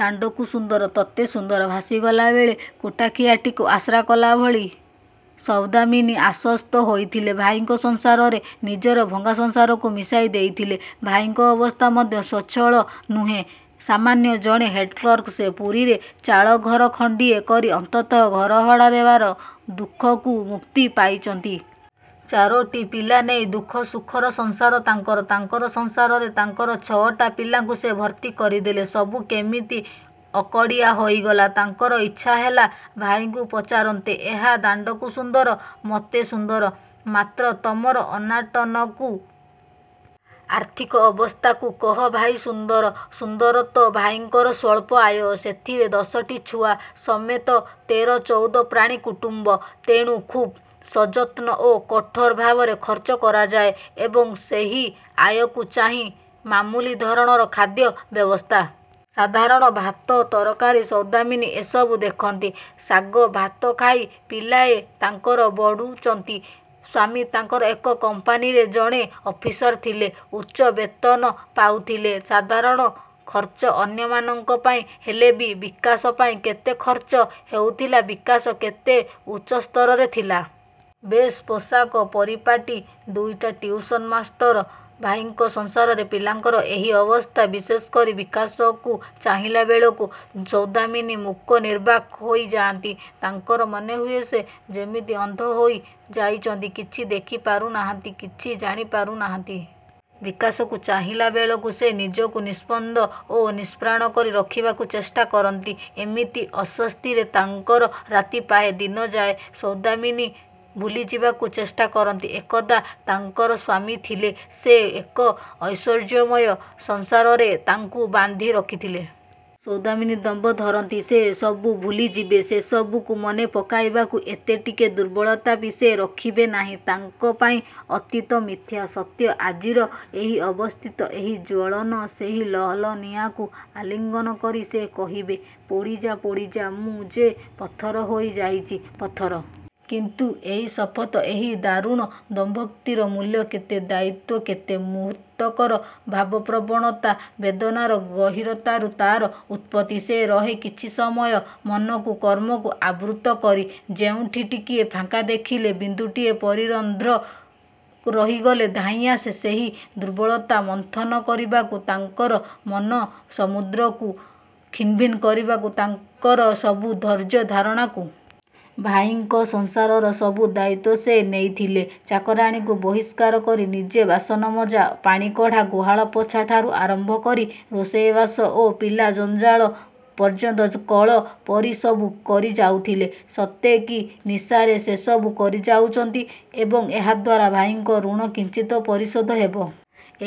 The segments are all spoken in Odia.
ଦାଣ୍ଡକୁ ସୁନ୍ଦର, ତତେ ସୁନ୍ଦର। ଭାସିଗଲା ବେଳେ କୁଟା ଖିଅଟିକୁ ଆଶ୍ରା କଲାଭଳି ସୌଦାମିନୀ ଆଶ୍ଵସ୍ତ ହୋଇଥିଲେ । ଭାଇଙ୍କ ସଂସାରରେ ନିଜର ଭଙ୍ଗା ସଂସାରକୁ ମିଶାଇ ଦେଇଥିଲେ। ଭାଇଙ୍କ ଅବସ୍ଥା ମଧ୍ୟ ସ୍ୱଚ୍ଛଳ ନୁହେଁ। ସାମାନ୍ୟ ଜଣେ ହେଡ଼କ୍ଲର୍କ ସେ। ପୁରୀରେ ଚାଳଘର ଖଣ୍ଡିଏ କରି ଅନ୍ତତଃ ଘରଭଡ଼ା ଦେବାର ଦୁଃଖକୁ ମୁକ୍ତି ପାଇଚନ୍ତି। ଚାରୋଟି ପିଲା ନେଇ ଦୁଃଖ, ସୁଖର ସଂସାର ତାଙ୍କର। ତାଙ୍କର ସଂସାରରେ, ତାଙ୍କର ଛ ଟା ପିଲାଙ୍କୁ ସେ ଭର୍ତ୍ତି କରିଦେଲେ। ସବୁ କେମିତି ଅକଡ଼ିଆ ହୋଇଗଲା। ତାଙ୍କର ଇଚ୍ଛା ହେଲା ଭାଇଙ୍କୁ ପଚାରନ୍ତେ ଏହା ଦାଣ୍ଡକୁ ସୁନ୍ଦର, ମତେ ସୁନ୍ଦର, ମାତ୍ର ତମର ଅନାଟନକୁ? ଆର୍ଥିକ ଅବସ୍ଥାକୁ, କହ ଭାଇ ସୁନ୍ଦର? ସୁନ୍ଦର ତ? ଭାଇଙ୍କର ସ୍ୱଳ୍ପ ଆୟ। ସେଥିରେ ଦଶଟି ଛୁଆ ସମେତ ତେର, ଚଉଦ ପ୍ରାଣୀ କୁଟୁମ୍ବ। ତେଣୁ ଖୁବ୍ ସଯତ୍ନ ଓ କଠୋର ଭାବରେ ଖର୍ଚ୍ଚ କରାଯାଏ ଏବଂ ସେହି ଆୟକୁ ଚାହିଁ ମାମୁଲି ଧରଣର ଖାଦ୍ୟ ବ୍ୟବସ୍ଥା। ସାଧାରଣ ଭାତ, ତରକାରୀ। ସୌଦାମିନୀ ଏସବୁ ଦେଖନ୍ତି। ଶାଗ, ଭାତ ଖାଇ ପିଲାଏ ତାଙ୍କର ବଢ଼ୁଚନ୍ତି। ସ୍ୱାମୀ ତାଙ୍କର ଏକ କମ୍ପାନୀରେ ଜଣେ ଅଫିସର ଥିଲେ। ଉଚ୍ଚ ବେତନ ପାଉଥିଲେ। ସାଧାରଣ ଖର୍ଚ୍ଚ ଅନ୍ୟମାନଙ୍କ ପାଇଁ ହେଲେ ବି ବିକାଶ ପାଇଁ କେତେ ଖର୍ଚ୍ଚ ହେଉଥିଲା, ବିକାଶ କେତେ ଉଚ୍ଚ ସ୍ତରରେ ଥିଲା। ବେଶ, ପୋଷାକ, ପରିପାଟୀ। ଦୁଇଟା ଟିଉସନ ମାଷ୍ଟର। ଭାଇଙ୍କ ସଂସାରରେ ପିଲାଙ୍କର ଏହି ଅବସ୍ଥା। ବିଶେଷ କରି ବିକାଶକୁ ଚାହିଁଲାବେଳକୁ ସୌଦାମିନୀ ମୂକ ନିର୍ବାକ୍ ହୋଇ ଯାଆନ୍ତି। ତାଙ୍କର ମନେହୁଏ ସେ ଯେମିତି ଅନ୍ଧ ହୋଇ ଯାଇଚନ୍ତି କିଛି ଦେଖି ପାରୁ ନାହାନ୍ତି, କିଛି ଜାଣିପାରୁ ନାହାନ୍ତି। ବିକାଶକୁ ଚାହିଁଲାବେଳକୁ ସେ ନିଜକୁ ନିସ୍ପନ୍ଦ ଓ ନିଷ୍ପ୍ରାଣ କରି ରଖିବାକୁ ଚେଷ୍ଟା କରନ୍ତି। ଏମିତି ଅସ୍ଵସ୍ତିରେ ତାଙ୍କର ରାତି ପାହେ, ଦିନ ଯାଏ। ସୌଦାମିନୀ ଭୁଲି ଯିବାକୁ ଚେଷ୍ଟା କରନ୍ତି ଏକଦା ତାଙ୍କର ସ୍ୱାମୀ ଥିଲେ। ସେ ଏକ ଐଶ୍ୱର୍ଯ୍ୟମୟ ସଂସାରରେ ତାଙ୍କୁ ବାନ୍ଧି ରଖିଥିଲେ। ସୌଦାମିନୀ ଦମ୍ଭ ଧରନ୍ତି ସେ ସବୁ ଭୁଲି ଯିବେ। ସେ ସବୁକୁ ମନେପକେଇବାକୁ ଏତେ ଟିକେ ଦୁର୍ବଳତା ବି ସେ ରଖିବେ ନାହିଁ। ତାଙ୍କ ପାଇଁ ଅତୀତ ମିଥ୍ୟା, ସତ୍ୟ ଆଜିର ଏହି ଅବସ୍ଥିତ, ଏହି ଜ୍ଵଳନ। ସେହି ଲହ ଲହ ନିଆଁକୁ ଆଲିଙ୍ଗନ କରି ସେ କହିବେ, ପୋଡ଼ି ଯା ପୋଡ଼ି ଯା, ମୁଁ ଯେ ପଥର ହୋଇ ଯାଇଚି, ପଥର । କିନ୍ତୁ ଏଇ ଶପଥ, ଏହି ଦାରୁଣ ଦମ୍ଭୋକ୍ତିର ମୂଲ୍ୟ କେତେ? ଦାୟିତ୍ୱ କେତେ? ମୁହୂର୍ତ୍ତକର ଭାବପ୍ରବଣତା, ବେଦନାର ଗହୀରତାରୁ ତାର ଉତ୍ପତ୍ତି। ସେ ରହେ କିଛି ସମୟ ମନକୁ, କର୍ମକୁ ଆବୃତ୍ତ କରି, କେଉଁଠି ଟିକେ ଫାଙ୍କ ଦେଖିଲେ ବିନ୍ଦୁଟିଏ ପରି ରନ୍ଧ୍ର ରହିଗଲେ ଧାଇଁଆସେ ସେହି ଦୁର୍ବଳତା ମନ୍ଥନ କରିବାକୁ ତାଙ୍କର ମନସମୁଦ୍ରକୁ ଖିନଭିନ୍ କରିବାକୁ, ତାଙ୍କର ସବୁ ଧୈର୍ଯ୍ୟ ଧାରଣାକୁ। ଭାଇଙ୍କ ସଂସାରର ସବୁ ଦାୟିତ୍ୱ ସେ ନେଇଥିଲେ। ଚାକରାଣୀକୁ ବହିଷ୍କାର କରି ନିଜେ ବାସନମଜା, ପାଣିକଢ଼ା, ଗୁହାଳ ପୋଛାଠାରୁ ଆରମ୍ଭ କରି ରୋଷେଇବାସ ଓ ପିଲା ଜଞ୍ଜାଳ ପର୍ଯ୍ୟନ୍ତ କଳ ପରି ସବୁ କରି ଯାଉଥିଲେ। ସତେ କି ନିଶାରେ ସେ ସବୁ କରିଯାଉଚନ୍ତି ଏବଂ ଏହାଦ୍ୱାରା ଭାଇଙ୍କ ଋଣ କିଞ୍ଚିତ ପରିଶୋଧ ହେବ।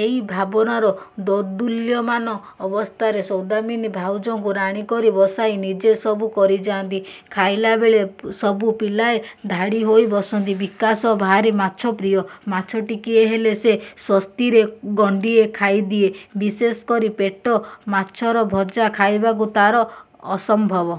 ଏଇ ଭାବନାର ଦୋଦୁଲ୍ୟମାନ ଅବସ୍ଥାରେ ସୌଦାମିନୀ ଭାଉଜଙ୍କୁ ରାଣୀ କରି ବସାଇ ନିଜେ ସବୁ କରିଯାନ୍ତି। ଖାଇଲାବେଳେ ସବୁ ପିଲାଏ ଧାଡ଼ି ହୋଇ ବସନ୍ତି। ବିକାଶ ଭାରି ମାଛପ୍ରିୟ, ମାଛ ଟିକିଏ ହେଲେ ସେ ସ୍ୱସ୍ତିରେ ଗଣ୍ଡିଏ ଖାଇଦିଏ। ବିଶେଷ କରି ପେଟ ମାଛର ଭଜା ଖାଇବାକୁ ତାର ଅସମ୍ଭବ